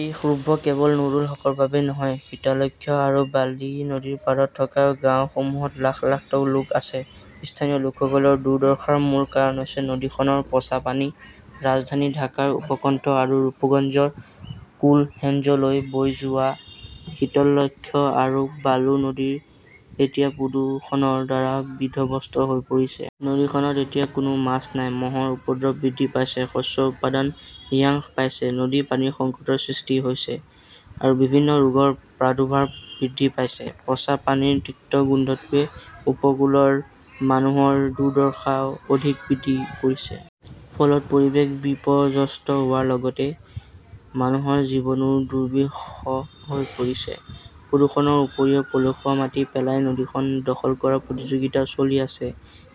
এই ক্ষোভ কেৱল নুৰুল হকৰ বাবেই নহয়। শীতলক্ষ্যা আৰু বালি নদীৰ পাৰত থকা গাঁওসমূহত লাখ লাখ লোক আছে। স্থানীয় লোকসকলৰ দুৰ্দশাৰ মূল কাৰণ হৈছে নদীখনৰ পচা পানী। ৰাজধানী ঢাকাৰ উপকণ্ঠ আৰু ৰূপগঞ্জৰ কোলহেঞ্জলৈ বৈ যোৱা শীতলক্ষ্যা আৰু বালু নদী এতিয়া প্ৰদূষণৰ দ্বাৰা বিধ্বস্ত হৈ পৰিছে। নদীখনত এতিয়া কোনো মাছ নাই। মহৰ উপদ্ৰৱ বৃদ্ধি পাইছে। শস্যৰ উৎপাদন হ্ৰাস পাইছে। খাদ্য পানীৰ সংকটৰ সৃষ্টি হৈছে আৰু বিভিন্ন ৰোগৰ প্ৰাদুৰ্ভাৱ বৃদ্ধি পাইছে। পচা পানীৰ তিক্ত গোন্ধটোৱে উপকূলৰ মানুহৰ দুৰ্দশাও অধিক বৃদ্ধি কৰিছে। ফলত পৰিৱেশ বিপৰ্যস্ত হোৱাৰ লগতে মানুহৰ জীৱনো দুৰ্বিষহ হৈ পৰিছে। প্ৰদূষণৰ উপৰিও পলসুৱা মাটি পেলাই নদীখন দখল কৰাৰ প্ৰতিযোগিতাও চলি আছে।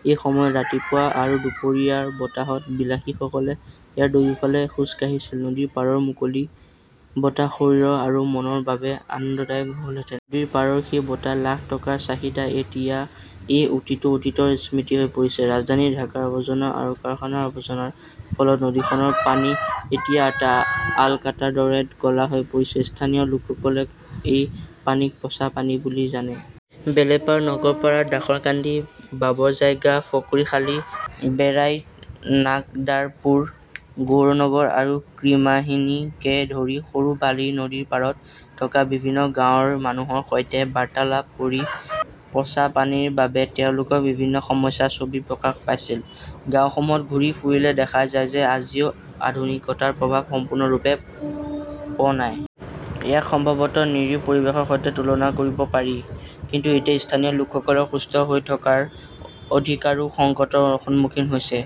এটা সময়ত ৰাতিপুৱা আৰু দুপৰীয়াৰ বতাহত বিলাসীসকলে ইয়াৰ দুয়োফালে খোজ কাঢ়িছিল। নদীৰ পাৰৰ মুকলি বতাহ শৰীৰ আৰু মনৰ বাবে আনন্দদায়ক হ'লহেঁতেন। নদীৰ পাৰৰ সেই বতাহ, লাখ টকাৰ চাহিদা। এতিয়া এই উক্তিটো অতীতৰ স্মৃতি হৈ পৰিছে। ৰাজধানী ঢাকাৰ আৱৰ্জনা আৰু কাৰখানাৰ আৱৰ্জনাৰ ফলত নদীখনৰ পানী এতিয়া আলকাট্ৰাৰ দৰে ক 'লা হৈ পৰিছে। স্থানীয় লোকসকলে এই পানীক'পচা "পানী বুলি জানে। বেলেপাৰ, নগৰপাৰা, দাসৰকান্দি, বাবৰজাইগা, ফকীৰখালী, বেৰাইড, নাগদাৰপাৰ, গৌড়া নগৰ আৰু ত্ৰিমাহনীকে ধৰি সৰু বালিৰ নদীৰ পাৰত থকা বিভিন্ন গাঁৱৰ মানুহৰ সৈতে বাৰ্তালাপ কৰি পচা পানীৰ বাবে তেওঁলোকৰ বিভিন্ন সমস্যাৰ ছবি প্ৰকাশ পাইছিল। গাওঁসমূহত ঘূৰি ফুৰিলে দেখা যায় যে, আজিও আধুনিকতাৰ প্ৰভাৱ সম্পূৰ্ণৰূপে প নাই। ইয়াক সম্ভৱতঃ নিৰীহ পৰিৱেশৰ সৈতে তুলনা কৰিব পাৰি। কিন্তু এতিয়া স্থানীয় লোকসকলৰ সুস্থ হৈ থকাৰ অধিকাৰো সংকটৰ সন্মুখীন হৈছে।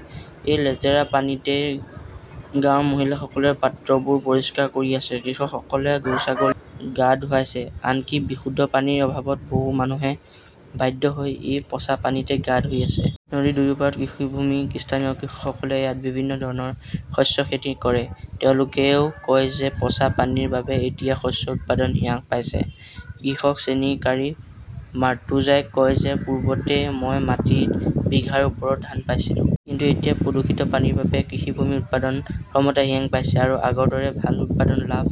এই লেতেৰা পানীতে গাঁৱৰ মহিলাসকলে পাত্ৰবোৰ পৰিষ্কাৰ কৰি আছে। কৃষকসকলে গৰু-ছাগলী গা ধুৱাইছে। আনকি বিশুদ্ধ পানীৰ অভাৱত বহু মানুহে বাধ্য হৈ এই পচা পানীতে গা ধুই আছে। নদীৰ দুয়ো পাৰত কৃষিভূমি। স্থানীয় কৃষকসকলে ইয়াত বিভিন্ন ধৰণৰ শস্য খেতি কৰে। তেওঁলোকে কয় যে পচা পানীৰ বাবে এতিয়া শস্যৰ উৎপাদন হ্ৰাস পাইছে। কৃষক শ্ৰেণীকাৰী মাৰ্টুজাই কয় যে পূৰ্বতে মই মাটিত বিঘাৰ ওপৰৰ ধান পাইছিলো। কিন্তু এতিয়া প্ৰদূষিত পানীৰ বাবে কৃষিভূমিৰ উৎপাদন ক্ষমতা হ্ৰাস পাইছে আৰু আগৰ দৰে ভাল উৎপাদন লাভ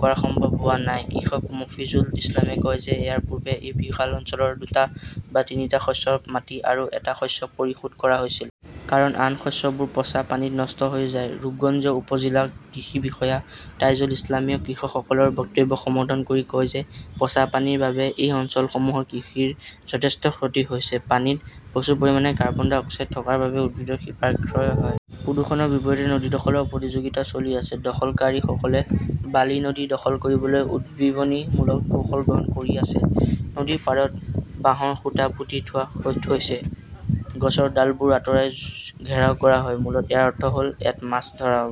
কৰা সম্ভৱ হোৱা নাই। কৃষক মফিজুল ইছলামে কয় যে ইয়াৰ পূৰ্বে এই বিশাল অঞ্চলৰ দুটা বা তিনিটা শস্যৰ মাটি আৰু এটা শস্য পৰিশোধ কৰা হৈছিল। কাৰণ আন শস্যবোৰ পচা পানীত নষ্ট হৈ যায়। ৰূপগঞ্জ উপ-জিলা কৃষি বিষয়া তাইজুল ইছলামই কৃষকসকলৰ বক্তব্য সমৰ্থন কৰি কয় যে পচা পানীৰ বাবে এই অঞ্চলসমূহৰ কৃষিৰ যথেষ্ট ক্ষতি হৈছে। পানীত প্ৰচুৰ পৰিমাণে কাৰ্বন ডাই অক্সাইড থকাৰ বাবে উদ্ভিদৰ শিপাৰ ক্ষয় হয়। প্ৰদূষণৰ বিপৰীতে নদী দখলৰ প্ৰতিযোগিতাও চলি আছে। দখলকাৰীসকলে বালি নদী দখল কৰিবলৈ উদ্ভাৱনীমূলক কৌশল গ্ৰহণ কৰি আছে। নদীৰ পাৰত বাঁহৰ খুঁটা পুতি থোৱা হৈছে, গছৰ ডালবোৰ আঁতৰাই ঘেৰাও কৰা হয়। মূলতঃ ইয়াৰ অৰ্থ হ'ল ইয়াত মাছ ধৰা হ'ব।